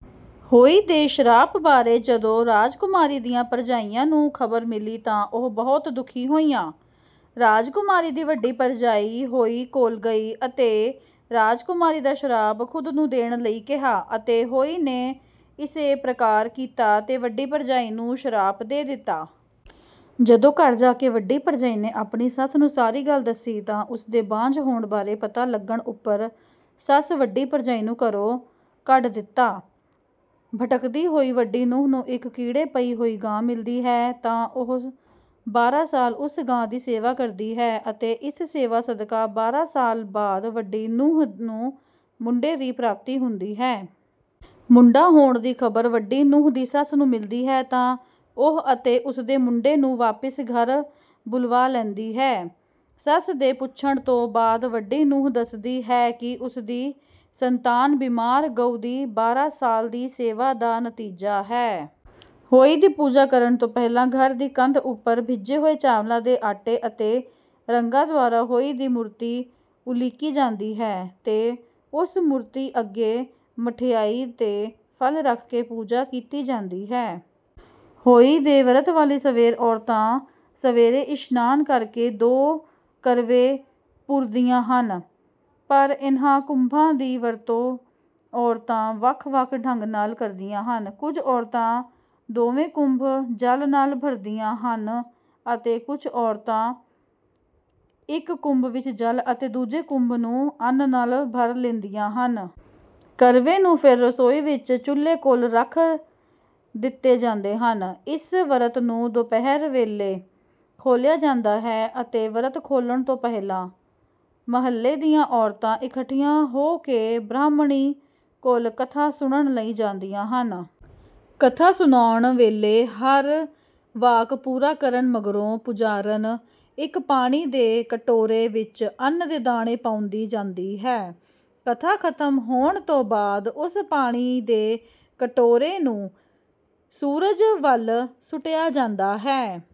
ਹੋਈ ਦੇ ਸ਼ਰਾਪ ਬਾਰੇ ਜਦੋਂ ਰਾਜਕੁਮਾਰੀ ਦੀਆਂ ਭਰਜਾਈਆਂ ਨੂੰ ਖ਼ਬਰ ਮਿਲੀ ਤਾਂ ਉਹ ਬਹੁਤ ਦੁਖੀ ਹੋਈਆਂ। ਰਾਜਕੁਮਾਰੀ ਦੀ ਵੱਡੀ ਭਰਜਾਈ ਹੋਈ ਕੋਲ ਗਈ ਅਤੇ ਰਾਜਕੁਮਾਰੀ ਦਾ ਸ਼ਰਾਪ ਖ਼ੁਦ ਨੂੰ ਦੇਣ ਲਈ ਕਿਹਾ ਅਤੇ ਹੋਈ ਨੇ ਇਸੇ ਪ੍ਰਕਾਰ ਕੀਤਾ ਤੇ ਵੱਡੀ ਭਰਜਾਈ ਨੂੰ ਸ਼ਰਾਪ ਦੇ ਦਿੱਤਾ। ਜਦੋਂ ਘਰ ਜਾ ਕੇ ਵੱਡੀ ਭਰਜਾਈ ਨੇ ਆਪਣੀ ਸੱਸ ਨੂੰ ਸਾਰੀ ਗੱਲ ਦੱਸੀ ਤਾਂ ਉਸਦੇ ਬਾਂਝ ਹੋਣ ਬਾਰੇ ਪਤਾ ਲਗਣ ਉੱਪਰ ਸੱਸ ਵੱਡੀ ਭਰਜਾਈ ਨੂੰ ਘਰੋਂ ਕੱਢ ਦਿੱਤਾ। ਭਟਕਦੀ ਹੋਈ ਵੱਡੀ ਨੂੰਹ ਨੂੰ ਇੱਕ ਕੀੜੇ ਪਈ ਹੋਈ ਗਾਂ ਮਿਲਦੀ ਹੈ ਤਾਂ ਉਹ ਬਾਰਾਂ ਸਾਲ ਉਸ ਗਾਂ ਦੀ ਸੇਵਾ ਕਰਦੀ ਹੈ ਅਤੇ ਇਸ ਸੇਵਾ ਸਦਕਾ ਬਾਰਾਂ ਸਾਲ ਬਾਅਦ ਵੱਡੀ ਨੂੰਹ ਨੂੰ ਮੁੰਡੇ ਦੀ ਪ੍ਰਾਪਤੀ ਹੁੰਦੀ ਹੈ। ਮੁੰਡਾ ਹੋਣ ਦੀ ਖ਼ਬਰ ਵੱਡੀ ਨੂੰਹ ਦੀ ਸੱਸ ਨੂੰ ਮਿਲਦੀ ਹੈ ਤਾਂ ਉਹ ਅਤੇ ਉਸਦੇ ਮੁੰਡੇ ਨੂੰ ਵਾਪਿਸ ਘਰ ਬੁਲਵਾ ਲੈਂਦੀ ਹੈ। ਸੱਸ ਦੇ ਪੁਛਣ ਤੋਂ ਬਾਅਦ ਵੱਡੀ ਨੂੰਹ ਦੱਸਦੀ ਹੈ ਕਿ ਉਸਦੀ ਸੰਤਾਨ ਬੀਮਾਰ ਗਊ ਦੀ ਬਾਰਾਂ ਸਾਲ ਦੀ ਸੇਵਾ ਦਾ ਨਤੀਜਾ ਹੈ। ਹੋਈ ਦੀ ਪੂਜਾ ਕਰਨ ਤੋਂ ਪਹਿਲਾਂ ਘਰ ਦੀ ਕੰਧ ਉੱਪਰ ਭਿੱਜੇ ਹੋਏ ਚਾਵਲਾਂ ਦੇ ਆਟੇ ਅਤੇ ਰੰਗਾਂ ਦੁਆਰਾ ਹੋਈ ਦੀ ਮੂਰਤੀ ਉਲੀਕੀ ਜਾਂਦੀ ਹੈ ਤੇ ਉਸ ਮੂਰਤੀ ਅੱਗੇ ਮਠਿਆਈ ਤੇ ਫਲ ਰੱਖ ਕੇ ਪੂਜਾ ਕੀਤੀ ਜਾਂਦੀ ਹੈ। ਹੋਈ ਦੇ ਵਰਤ ਵਾਲੀ ਸਵੇਰ ਔਰਤਾਂ ਸਵੇਰੇ ਇਸ਼ਨਾਨ ਕਰਕੇ ਦੋ ਕਰਵੇ ਪੂਰਦਿਆਂ ਹਨ ਪਰ ਇਹਨਾਂ ਕੁਭਾਂ ਦੀ ਵਰਤੋਂ ਔਰਤਾਂ ਵੱਖ ਵੱਖ ਢੰਗ ਨਾਲ ਕਰਦੀਆਂ ਹਨ। ਕੁੱਝ ਔਰਤਾਂ ਦੋਵੇਂ ਕੁੰਭ ਜਲ ਨਾਲ ਭਰਦੀਆਂ ਹਨ ਅਤੇ ਕੁੱਝ ਔਰਤਾਂ ਇੱਕ ਕੁੰਭ ਵਿੱਚ ਜਲ ਅਤੇ ਦੂਜੇ ਕੁੰਭ ਨੂੰ ਅੰਨ ਨਾਲ ਭਰ ਲੈਂਦੀਆਂ ਹਨ। ਕਰਵੇ ਨੂੰ ਫੇਰ ਰਸੋਈ ਵਿੱਚ ਚੁਲ੍ਹੇ ਕੋਲ ਰੱਖ ਦਿੱਤੇ ਜਾਂਦੇ ਹਨ। ਇਸ ਵਰਤ ਨੂੰ ਦੁਪਹਿਰ ਵੇਲੇ ਖੋਲਿਆ ਜਾਂਦਾ ਹੈ ਅਤੇ ਵਰਤ ਖੋਲਣ ਤੋਂ ਪਹਿਲਾਂ ਮਹੱਲੇ ਦੀਆਂ ਔਰਤਾਂ ਇਕੱਠੀਆਂ ਹੋ ਕੇ ਬ੍ਰਹਾਮਣੀ ਕੋਲ ਕਥਾ ਸੁਣਨ ਲਈ ਜਾਂਦੀਆਂ ਹਨ। ਕਥਾ ਸੁਨਾਉਣ ਵੇਲੇ ਹਰ ਵਾਕ ਪੂਰਾ ਕਰਨ ਮਗਰੋਂ ਪੁਜਾਰਨ ਇੱਕ ਪਾਣੀ ਦੇ ਕਟੋਰੇ ਵਿੱਚ ਅੰਨ ਦੇ ਦਾਣੇ ਪਾਉਂਦੀ ਜਾਂਦੀ ਹੈ। ਕਥਾ ਖ਼ਤਮ ਹੋਣ ਤੋਂ ਬਾਅਦ ਉਸ ਪਾਣੀ ਦੇ ਕਟੋਰੇ ਨੂੰ ਸੂਰਜ ਵਾਲ ਸੁਟਿਆ ਜਾਂਦਾ ਹੈ।